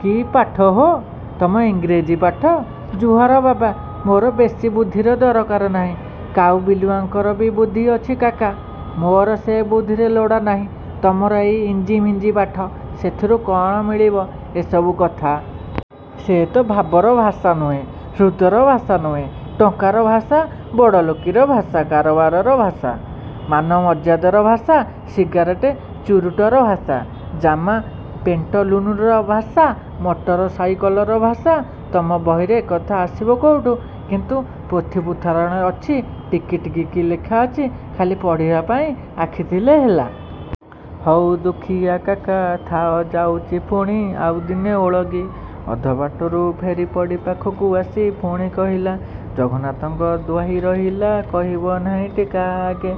କି ପାଠ ହୋ? ତମ ଇଂରେଜୀ ପାଠ। ଜୁହାର ବାବା। ମୋର ବେଶି ବୁଦ୍ଧିର ଦରକାର ନାହିଁ। କାଉ ବିଲୁଆଙ୍କର ବି ବୁଦ୍ଧି ଅଛି କାକା। ମୋର ସେ ବୁଦ୍ଧିରେ ଲୋଡ଼ା ନାହିଁ। ତମର ଏଇ ଇଞ୍ଜିମିଞ୍ଜି ପାଠ? ସେଥୁରୁ କଣ ମିଳିବ ଏ ସବୁ କଥା? ସେ ତ ଭାବର ଭାଷା ନୁହେଁ ହୃଦର ଭାଷା ନୁହେଁ ଟଙ୍କାର ଭାଷା ବଡ଼ଲୋକୀର ଭାଷା କାରବାରର ଭାଷା ମାନମର୍ଯ୍ୟାଦାର ଭାଷା ସିଗାରେଟ୍ ଚୁରୁଟର ଭାଷା ଜାମା ପ୍ୟେଣ୍ଟଲୁନର ଭାଷା ମଟର ସାଇକଲର ଭାଷା ତମ ବହିରେ ଏକଥା ଆସିବ କୋଉଠୁ। କିନ୍ତୁ ପୋଥିପୁରାଣରେ ଅଛି ଟିକିଟିକି କି ଲେଖାଅଛି ଖାଲି ପଢ଼ିବାପାଇଁ ଆଖି ଥିଲେ ହେଲା। ହଉ ଦୁଃଖୀଆ କାକା ଥାଅ ଯାଉଚି ପୁଣି ଆଉଦିନେ ଓଳଗି। ଅଧବାଟରୁ ଫେରିପଡ଼ି ପାଖକୁ ଆସି ପୁଣି କହିଲା, ଜଗନ୍ନାଥଙ୍କ ଦ୍ୱାହି ରହିଲା କହିବ ନାହିଁଟି କାହା ଆଗେ।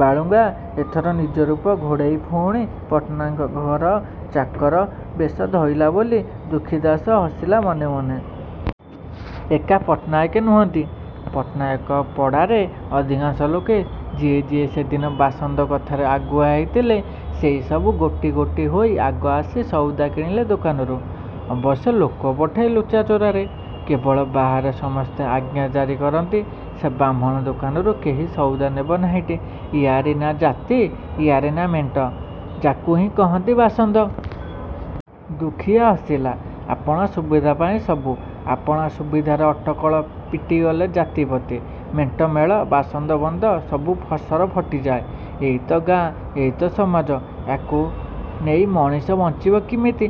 ବାଳୁଙ୍ଗା ଏଥର ନିଜରୂପ ଘୋଡ଼େଇ ଫୁଣି ପଟ୍ଟନାୟକ ଘର ଚାକର ବେଶ ଧଇଲା ବୋଲି, ଦୁଃଖୀ ଦାଶ ହସିଲା ମନେ ମନେ। ଏକା ପଟ୍ଟନାୟକେ ନୁହନ୍ତି, ପଟ୍ଟନାୟକପଡ଼ାରେ ଅଧିକାଂଶ ଲୋକେ ଯିଏ ଯିଏ ସେଦିନ ବାସନ୍ଦ କଥାରେ ଆଗୁଆ ହେଇଥିଲେ ସେଇ ସବୁ ଗୋଟି ଗୋଟି ହୋଇ ଆଗ ଆସି ସଉଦା କିଣିଲେ ଦୋକାନରୁ। ଅବଶ୍ୟ ଲୋକପଠେଇ ଲୁଚାଚୋରାରେ। କେବଳ ବାହାରେ ସମସ୍ତେ ଆଜ୍ଞା ଜାରି କରନ୍ତି, ସେ ବ୍ରାହ୍ମଣ ଦୋକାନରୁ କେହି ସଉଦା ନେବ ନାହିଁଟି ଇୟାରି ନା ଜାତି, ଇୟାରି ନା ମେଣ୍ଟ ଯାକୁହିଁ କହନ୍ତି ବାସନ୍ଦ। ଦୁଃଖୀଆ ହସିଲା। ଆପଣା ସୁବିଧାପାଇଁ ସବୁ। ଆପଣା ସୁବିଧାର ଅଟକଳ ପିଟିଗଲେ ଜାତି ପତି, ମେଣ୍ଟ ମେଳ, ବାସନ୍ଦ ବନ୍ଦ, ସବୁ ଫସର ଫଟିଯାଏ। ଏଇ ତ ଗାଁ ଏଇ ତ ସମାଜ! ୟାକୁ ନେଇ ମଣିଷ ବଞ୍ଚିବ କିମିତି!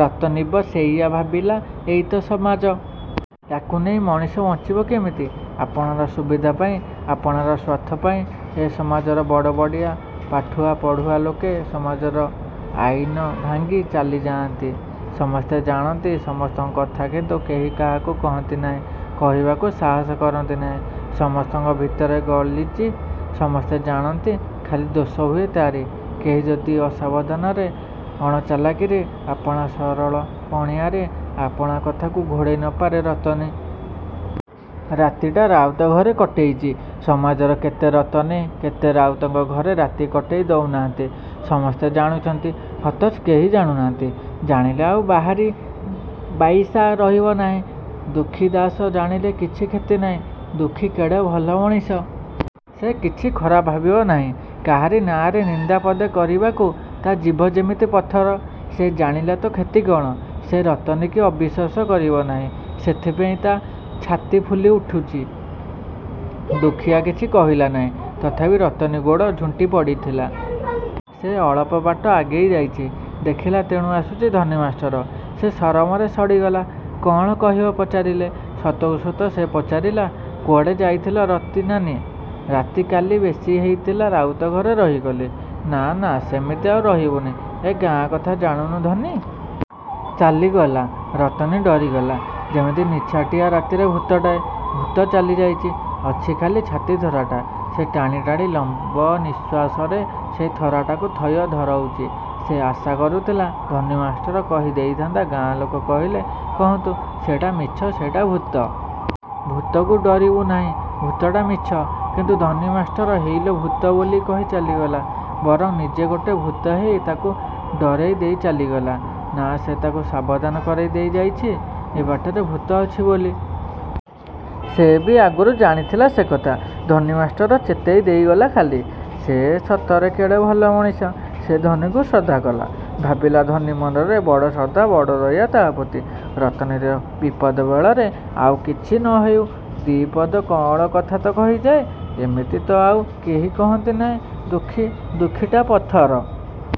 ରତନୀବ ସେଇୟା ଭାବିଲା ଏଇ ତ ସମାଜ? ୟାକୁ ନେଇ ମଣିଷ ବଞ୍ଚିବ କେମିତି? ଆପଣା ସୁବିଧାପାଇଁ, ଆପଣା ସ୍ୱାର୍ଥପାଇଁ, ଏ ସମାଜର ବଡ଼ବଡ଼ିଆ, ପାଠୁଆ ପଢ଼ୁଆ ଲୋକେ ସମାଜର ଆଇନ ଭାଙ୍ଗି ଚାଲିଯାଆନ୍ତି ସମସ୍ତେ ଜାଣନ୍ତି ସମସ୍ତଙ୍କ କଥା କିନ୍ତୁ କେହି କାହାକୁ କହନ୍ତି ନାହିଁ କହିବାକୁ ସାହସ କରନ୍ତି ନାହିଁ ସମସ୍ତଙ୍କ ଭିତରେ ଗଲିଜି ସମସ୍ତେ ଜାଣନ୍ତି ଖାଲି ଦୋଷହୁଏ ତାରି, କେହି ଯଦି ଅସାବଧାନରେ, ଅଣଚାଲାକିରେ ଆପଣା ସରଳପଣିଆରେ ଆପଣା କଥାକୁ ଘୋଡ଼େଇ ନ ପାରେ। ରତନୀ ରାତିଟା ରାଉତ ଘରେ କଟେଇଚି। ସମାଜର କେତେ ରତନୀ କେତେ ରାଉତଙ୍କ ଘରେ ରାତି କଟେଇ ଦଉ ନାହାନ୍ତି। ସମସ୍ତେ ଜାଣୁଛନ୍ତି, ଅଥଚ କେହି ଜାଣୁ ନାହାନ୍ତି। ଜାଣିଲେ ଆଉ ବାହାରି ବାଇଶା ରହିବ ନାହିଁ। ଦୁଃଖୀ ଦାଶ ଜାଣିଲେ କିଛି କ୍ଷତି ନାହିଁ। ଦୁଃଖୀ କେଡ଼େ ଭଲ ମଣିଷ। ସେ କିଛି ଖରାପ ଭାବିବ ନାହିଁ। କାହାରି ନାଆଁରେ ନିନ୍ଦା ପଦେ କରିବାକୁ ତା ଜିଭ ଯେମିତି ପଥର। ସେ ଜାଣିଲା ତ କ୍ଷତି କଣ? ସେ ରତନୀକି ଅବିଶ୍ୱାସ କରିବ ନାହିଁ। ସେଥିପାଇଁ ତା ଛାତି ଫୁଲି ଉଠୁଚି। ଦୁଃଖୀଆ କିଛି କହିଲା ନାହିଁ। ତଥାପି ରତନୀ ଗୋଡ଼ ଝୁଣ୍ଟି ପଡ଼ିଥିଲା। ସେ ଅଳପବାଟ ଆଗେଇ ଯାଇଛି, ଦେଖିଲା, ତେଣୁ ଆସୁଚି ଧନୀ ମାଷ୍ଟର। ସେ ସରମରେ ଶଢ଼ିଗଲା। କଣ କହିବ ପଚାରିଲେ? ସତକୁସତ ସେ ପଚାରିଲା, କୁଆଡ଼େ ଯାଇଥିଲ ରତିନାନୀ? ରାତି କାଲି ବେଶି ହେଇଥିଲା ରାଉତ ଘରେ ରହିଗଲି। ନା ନା ସେମିତି ଆଉ ରହିବୁନି ଏ ଗାଁ କଥା ଜାଣୁନୁ? ଧନୀ ଚାଲିଗଲା। ରତନୀ ଡରିଗଲା। ଯେମିତି ନିଛାଟିଆ ରାତିରେ ଭୂତଟାଏ। ଭୂତ ଚାଲିଯାଇଚି। ଅଛି ଖାଲି ଛାତି ଥରାଟା। ସେ ଟାଣି ଟାଣି ଲମ୍ବ ନିଃଶ୍ୱାସରେ ସେଇ ଥରାଟାକୁ ଥୟ ଧରଉଚି। ସେ ଆଶା କରୁଥିଲା ଧନୀ ମାଷ୍ଟର କହିଦେଇଥାନ୍ତା ଗାଁ ଲୋକ କହିଲେ କହନ୍ତୁ ସେଟା ମିଛ ସେଟା ଭୂତ। ଭୂତକୁ ଡରିବୁ ନାହିଁ। ଭୂତଟା ମିଛ। କିନ୍ତୁ ଧନୀ ମାଷ୍ଟର, ହେଇଲୋ ଭୂତ ବୋଲି କହି ଚାଲିଗଲା। ବରଂ ନିଜେ ଗୋଟେ ଭୂତ ହେଇ ତାକୁ ଡରେଇ ଦେଇ ଚାଲିଗଲା ନା ସେ ତାକୁ ସାବଧାନ କରେଇ ଦେଇଯାଇଛି ଏ ବାଟରେ ଭୂତ ଅଛି ବୋଲି। ସେ ବି ଆଗୁରୁ ଜାଣିଥିଲା ସେ କଥା। ଧନୀ ମାଷ୍ଟର ଚେତେଇ ଦେଇଗଲା ଖାଲି। ସେ ସତରେ କେଡ଼େ ଭଲ ମଣିଷ। ସେ ଧନୀକୁ ଶ୍ରଦ୍ଧା କଲା। ଭାବିଲା ଧନୀ ମନରେ ବଡ଼ ଶ୍ରଦ୍ଧା ବଡ଼ ଦୟା, ତା ପ୍ରତି। ରତନୀର ବିପଦ ବେଳରେ ଆଉ କିଛି ନ ହେଉ ଦିପଦ କଅଁଳ କଥା ତ କହିଯାଏ ଏମିତି ତ ଆଉ କେହି କହନ୍ତି ନାହିଁ। ଦୁଃଖୀ? ଦୁଃଖୀଟା ପଥର।